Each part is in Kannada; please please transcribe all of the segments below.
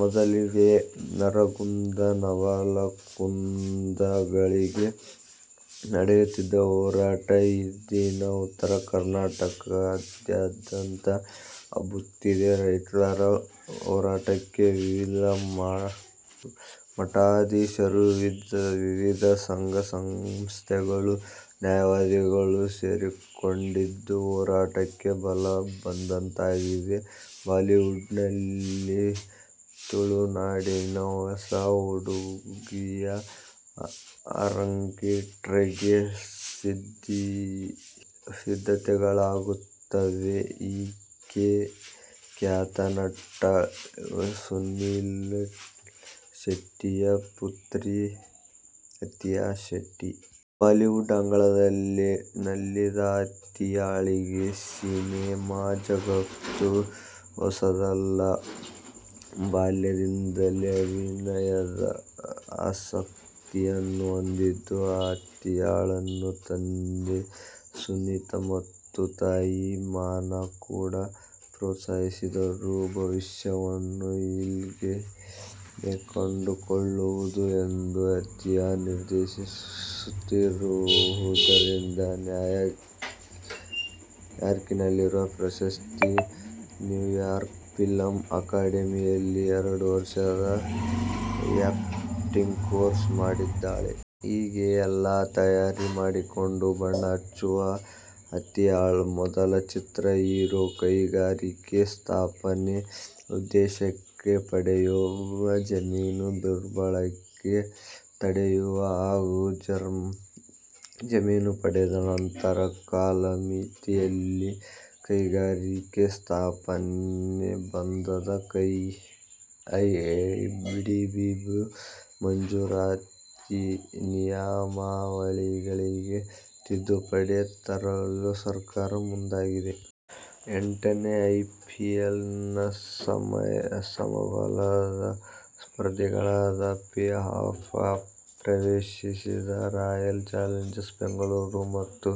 ಮೊದಲಿಗೆ ನರಗುಂದ, ನವಲಗುಂದಗಳಿಗೆ ನಡೆಯುತ್ತಿದ್ದ ಹೋರಾಟ ಇದೀಗ ಉತ್ತರ ಕರ್ನಾಟಕಾದ್ಯಂತ ಹಬ್ಬುತ್ತಿದೆ. ರೈತರ ಹೋರಾಟಕ್ಕೆ ವಿವಿಧ ಮಠಾಧೀಶರು, ವಿವಿಧ ಸಂಘ ಸಂಸ್ಥೆಗಳು, ನ್ಯಾಯವಾದಿಗಳು ಸೇರಿಕೊಂಡಿದ್ದು, ಹೋರಾಟಕ್ಕೆ ಬಲ ಬಂದಂತಾಗಿದೆ. ಬಾಲಿವುಡ್ನಲ್ಲಿ ತುಳುನಾಡಿನ ಹೊಸ ಹುಡುಗಿಯ ಅರಂಗೇಟ್ರಂಗೆ ಸಿದ್ಧತೆಗಳಾಗುತ್ತಿವೆ. ಈಕೆ ಖ್ಯಾತ ನಟ ಸುನಿಲ್ ಶೆಟ್ಟಿಯ ಪುತ್ರಿ ಅಥಿಯಾ ಶೆಟ್ಟಿ. ಬಾಲಿವುಡ್ನ ಅಂಗಳದಲ್ಲೇ ಆಡಿ ನಲಿದ ಅಥಿಯಾಳಿಗೆ ಸಿನೆಮಾ ಜಗತ್ತು ಹೊಸದಲ್ಲ. ಬಾಲ್ಯದಿಂದಲೇ ಅಭಿನಯದ ಆಸಕ್ತಿಯನ್ನು ಹೊಂದಿದ್ದ ಅಥಿಯಾಳನ್ನು ತಂದೆ ಸುನಿಲ್ ಮತ್ತು ತಾಯಿ ಮಾನಾ ಕೂಡ ಪ್ರೋತ್ಸಾಹಿಸಿದರು. ಭವಿಷ್ಯವನ್ನು ಇಲ್ಲೇ ಕಂಡುಕೊಳ್ಳುವುದು ಎಂದು ಅಥಿಯಾ ನಿರ್ಧರಿಸಿರುವುದರಿಂದ ನ್ಯೂಯಾರ್ಕಿನಲ್ಲಿರುವ ಪ್ರಸಿದ್ಧ ನ್ಯೂಯಾರ್ಕ್ ಫಿಲ್ಮ್ ಅಕಾಡೆಮಿಯಲ್ಲಿ ಎರಡು ವರ್ಷದ ಆ್ಯಕ್ಟಿಂಗ್ ಕೋರ್ಸ್ನ್ನೂ ಮಾಡಿದ್ದಾಳೆ. ಹೀಗೆ ಎಲ್ಲ ತಯಾರಿ ಮಾಡಿಕೊಂಡೇ ಬಣ್ಣ ಹಚ್ಚಿರುವ ಅಥಿಯಾಳ ಮೊದಲ ಚಿತ್ರ ಹೀರೊ. ಕೈಗಾರಿಕೆ ಸ್ಥಾಪನೆ ಉದ್ದೇಶಕ್ಕೆ ಪಡೆಯುವ ಜಮೀನು ದುರ್ಬಳಕೆ ತಡೆಯುವುದು ಹಾಗೂ ಜಮೀನು ಪಡೆದ ನಂತರ ಕಾಲಮಿತಿಯಲ್ಲಿ ಕೈಗಾರಿಕೆ ಸ್ಥಾಪನೆ ಸಂಬಂಧ ಕೆಐಎಡಿಬಿ ಭೂ ಮಂಜೂರಾತಿ ನಿಯಮಾವಳಿಗಳಿಗೆ ತಿದ್ದುಪಡಿ ತರಲು ಸರ್ಕಾರ ಮುಂದಾಗಿದೆ. ಎಂಟನೇ ಐಪಿಎಲ್ನ ಸಮಬಲದ ಸ್ಪರ್ಧಿಗಳಾಗಿ ಪ್ಲೇ-ಆಫ್ ಪ್ರವೇಶಿಸಿದ ರಾಯಲ್ ಚಾಲೆಂಜರ್ ಬೆಂಗಳೂರು ಮತ್ತು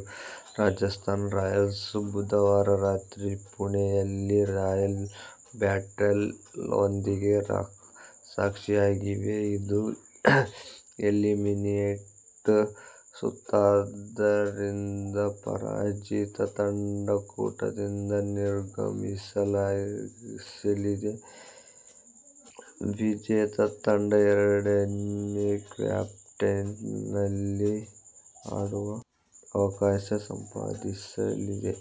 ರಾಜಸ್ಥಾನ್ ರಾಯಲ್ಸ್ ಬುಧವಾರ ರಾತ್ರಿ ಪುಣೆಯಲ್ಲಿ "ರಾಯಲ್ ಬ್ಯಾಟಲ್' ಒಂದಕ್ಕೆ ಸಾಕ್ಷಿಯಾಗಲಿವೆ. ಇದು ಎಲಿಮಿನೇಟರ್ ಸುತ್ತಾದುದರಿಂದ ಪರಾಜಿತ ತಂಡ ಕೂಟದಿಂದ ನಿರ್ಗಮಿಸಲಿದೆ. ವಿಜೇತ ತಂಡ ಎರಡನೇ ಕ್ವಾಲಿಫೈಯರ್ನಲ್ಲಿ ಆಡುವ ಅವಕಾಶ ಸಂಪಾದಿಸಲಿದೆ.